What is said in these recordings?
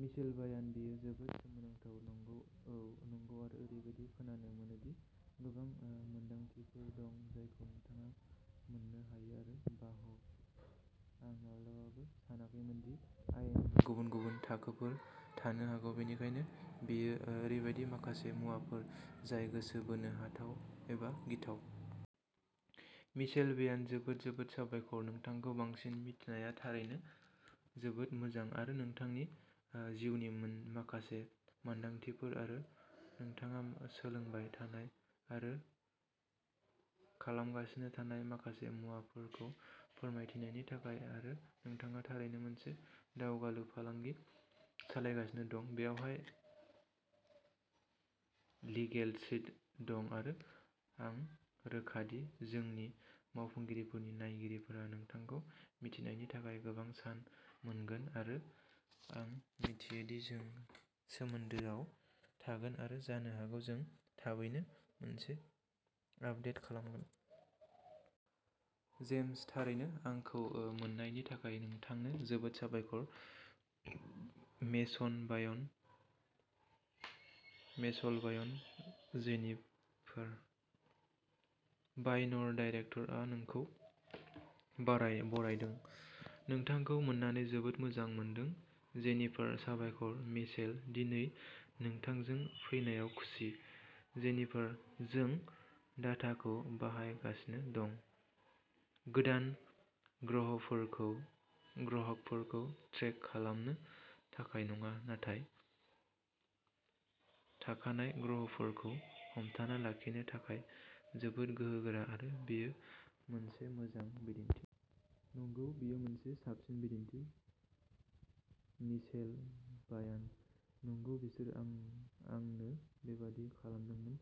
Michelle बायानः बेयो जोबोद सोमोनांथाव। नंगौ आरो ओरैबायदि खोनानो मोनो दि गोबां मोनदांथिफोर दं जायखौ नोंथाङा मोननो हायो आरो बाह, आं माब्लाबाबो सानाखैमोन दि आयेननि गुबुन-गुबुन थाखोफोर थानो हागौ। बेनिखायनो बेयो ओरैबायदि माखासे मुवाफोर जाय गोसो बोनो हाथाव एबा गिथाव। मिशेल बायनः जोबोद जोबोद साबायखर। नोंथांखौ बांसिन मिथिनाया थारैनो जोबोद मोजां। आरो नोंथांनि जिउनि माखासे मोनदांथिफोर आरो नोंथाङा सोलोंबाय थानाय आरो खालामगासिनो थानाय माखासे मुवाफोरखौ फोरमायनायनि थाखाय आरो नोंथाङा थारैनो मोनसे दावगालु फालांगि सालायगासिनो दं, बेयाव लिगेलशील्ड दं आरो आं रोखा दि जोंनि मावफुंगिरिफोरनि नायगिरिफोरा नोंथांखौ मिथिनायनि थाखाय गोबां बेसेन मोनगोन आरो आं मिथियो दि जों सोमोन्दोआव थागोन आरो जानो हागौ जों थाबैनो मोनसे आपदेट खालामगोन। जेम्सः थारैनो। आंखौ मोननायनि थाखाय नोंथांनो जोबोद साबायखर। Michelle बायनः Jennifer. बायर्नआ डिरेकटेकआव नोंखौ बरायदों। नोंथांखौ मोननानै जोबोद मोजां मोनदों। जेनिफारः साबायखर, मिशेल। दिनै नोंथांजों फैनायाव खुसि। जेनिफारः जों डाटाखौ बाहायगासिनो दं, गोदान ग्राहकफोरखौ ट्रेक खालामनो थाखायल'नङा, नाथाय थाखानाय ग्राहकफोरखौ हमथाना लाखिनो थाखाय जोबोद गोहोगोरा आरो बेयो मोनसे मोजां बिदिन्थि। नंगौ, बेयो मोनसे साबसिन बिदिन्थि। मिशेल बायानः नंगौ, बिसोर आंनो बेबादि खालामदोंमोन।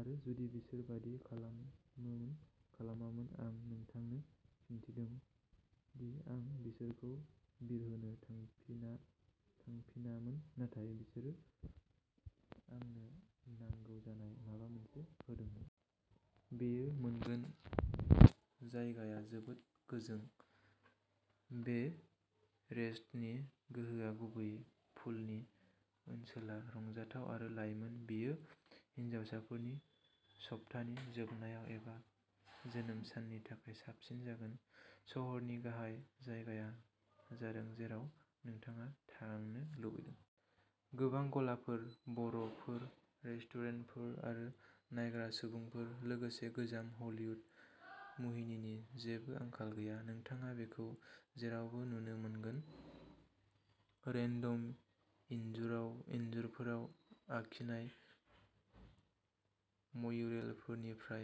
आरो जुदि बिसोर बेबादि खालामामोन। आं नोंथांनो खिन्थादों दि आं बिसोरखौ बिरहोनो थांफिनामोन नाथाय बिसोर आंनो नांगौ जानाय माबा मोनसे होदोंमोन। बेयो मोनगोन। बे जायगाया जोबोद गोजों! बे रिसर्टनि गोहोआ, गुबैयै पुलनि ओनसोला, रंजाथाव आरो लाइमोन। बेयो हिनजावसाफोरनि सप्तानि जोबनायाव एबा जोनोम साननि थाखाय साबसिन जागोन। सोहोरनि गाहाय जायगाया जादों जेराव नोंथाङा थानो लुबैदों। गोबां गलाफोर, बारफोर, रेस्टुरेन्टफोर आरो नायग्रा सुबुंफोर। लोगोसे, गोजाम हलीवुड मुहिनिनि जेबो आंखाल गैया! नोंथाङा बेखौ जेरावबो नुनो मोनगोन, रेन्डम इन्जुरफोराव आखिनाय म्युरेलफोरनिफ्राय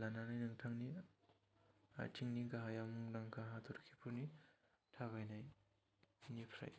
लानानै नोंथांनि आथिंनि गाहायाव मुंदांखा हाथरखिफोरनि थाबायनायनिफ्राय।